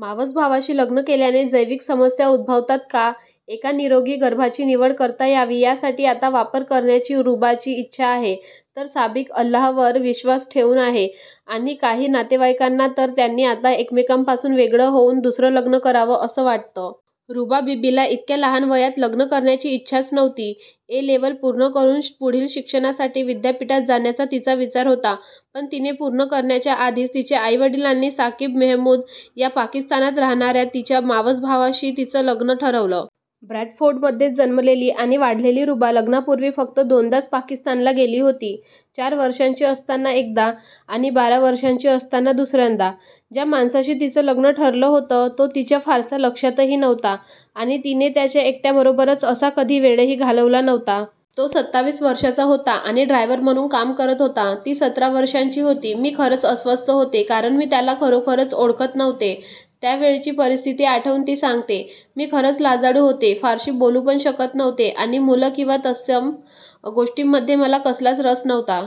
मावसभावाशी लग्न केल्याने जैविक समस्या उद्भवतात का? एका निरोगी गर्भाची निवड करता यावी यासाठी आता वापर करण्याची रुबाची इच्छा आहे. तर साकीब अल्लाहवर विश्वास ठेवून आहे. आणि काही नातेवाईकांना तर त्यांनी आता एकमेकांपासून वेगळं होऊन दुसरं लग्न करावं, असं वाटतं. रुबा बिबीला इतक्या लहान वयात लग्न करण्याची इच्छाच नव्हती. ए-लेवल पूर्ण करून पुढील शिक्षणासाठी विद्यापीठात जाण्याचा तिचा विचार होता. पण तिने पूर्ण करण्याच्या आधीच तिच्या आई-वडिलांनी साकीब मेहमूद या पाकिस्तानात राहणाऱ्या तिच्या मावसभावाशी तिचं लग्न ठरवलं. ब्रॅडफोर्डमध्येच जन्मलेली आणि वाढलेली रुबा लग्नापूर्वी फक्त दोनदाच पाकिस्तानला गेली होती. चार वर्षांची असताना एकदा आणि बारा वर्षांची असताना दुसऱ्यांदा. ज्या माणसाशी तिचं लग्न ठरलं होतं, तो तिच्या फारसा लक्षातही नव्हता आणि तिने त्याच्या एकट्याबरोबरच असा कधी वेळही घालवला नव्हता. तो सत्तावीस वर्षांचा होता आणि ड्रायव्हर म्हणून काम करत होता. ती सतरा वर्षांची होती. मी खरंच अस्वस्थ होते, कारण मी त्याला खरोखरच ओळखत नव्हते त्यावेळची परिस्थिती आठवून ती सांगते. मी खरंच लाजाळू होते, फारशी बोलू पण शकत नव्हते आणि मुलं किंवा तत्सम गोष्टींमध्ये मला कसलाच रस नव्हता.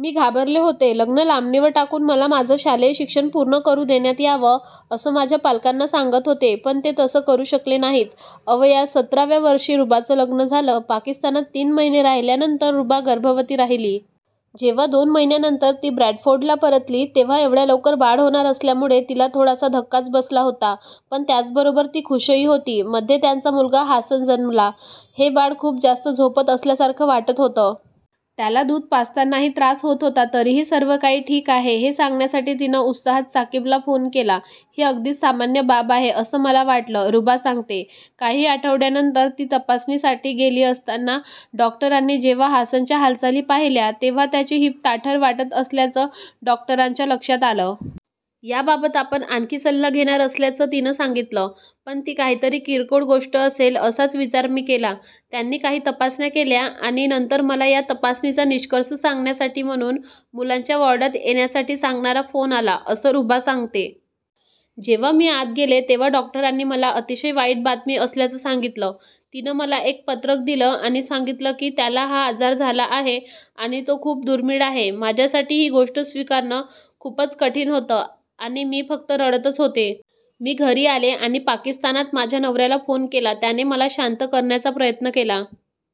मी घाबरले होते. लग्न लांबणीवर टाकून, मला माझं शालेय शिक्षण पूर्ण करू देण्यात यावं, असं माझ्या पालकांना सांगत होते. पण ते तसं करू शकले नाहीत. अवया सतरा व्या वर्षी रुबाचं लग्न झालं. पाकिस्तानात तीन महिने राहिल्यानंतर रुबा गर्भवती राहिली. जेव्हा दोन महिन्यांनंतर ती ब्रॅडफोर्डला परतली, तेव्हा एवढ्या लवकर बाळ होणार असल्यामुळे तिला थोडासा धक्काच बसला होता, पण त्याचबरोबर ती खूशही होती. मध्ये त्यांचा मुलगा हासन जन्मला. हे बाळ खूप जास्त झोपत असल्यासारखं वाटत होतं. त्याला दूध पाजतानाही त्रास होत होता. तरीही सर्व काही ठीक आहे, हे सांगण्यासाठी तिनं उत्साहात साकीबला फोन केला. ही अगदीच सामान्य बाब आहे, असं मला वाटलं रुबा सांगते. काही आठवड्यांनंतर ती तपासणीसाठी गेली असताना डॉक्टरांनी जेव्हा हासनच्या हालचाली पाहिल्या, तेव्हा त्याचे हिप ताठर वाटत असल्याचं डॉक्टरांच्या लक्षात आलं. याबाबत आपण आणखी सल्ला घेणार असल्याचं तिनं सांगितलं. पण ती काहीतरी किरकोळ गोष्ट असेल, असाच विचार मी केला. त्यांनी काही तपासण्या केल्या आणि नंतर मला या तपासणीचा निष्कर्ष सांगण्यासाठी म्हणून मुलांच्या वॉर्डात येण्यासाठी सांगणारा फोन आला असं रुबा सांगते. जेव्हा मी आत गेले, तेंव्हा डॉक्टरांनी मला अतिशय वाईट बातमी असल्याचं सांगितलं. तिनं मला एक पत्रक दिलं आणि सांगितलं की त्याला हा आजार झाला आहे आणि तो खूप दुर्मिळ आहे. माझ्यासाठी ही गोष्ट स्वीकारणं खूपच कठीण होतं आणि मी फक्त रडतच होते. मी घरी आले आणि पाकिस्तानात माझ्या नवऱ्याला फोन केला. त्याने मला शांत करण्याचा प्रयत्न केला.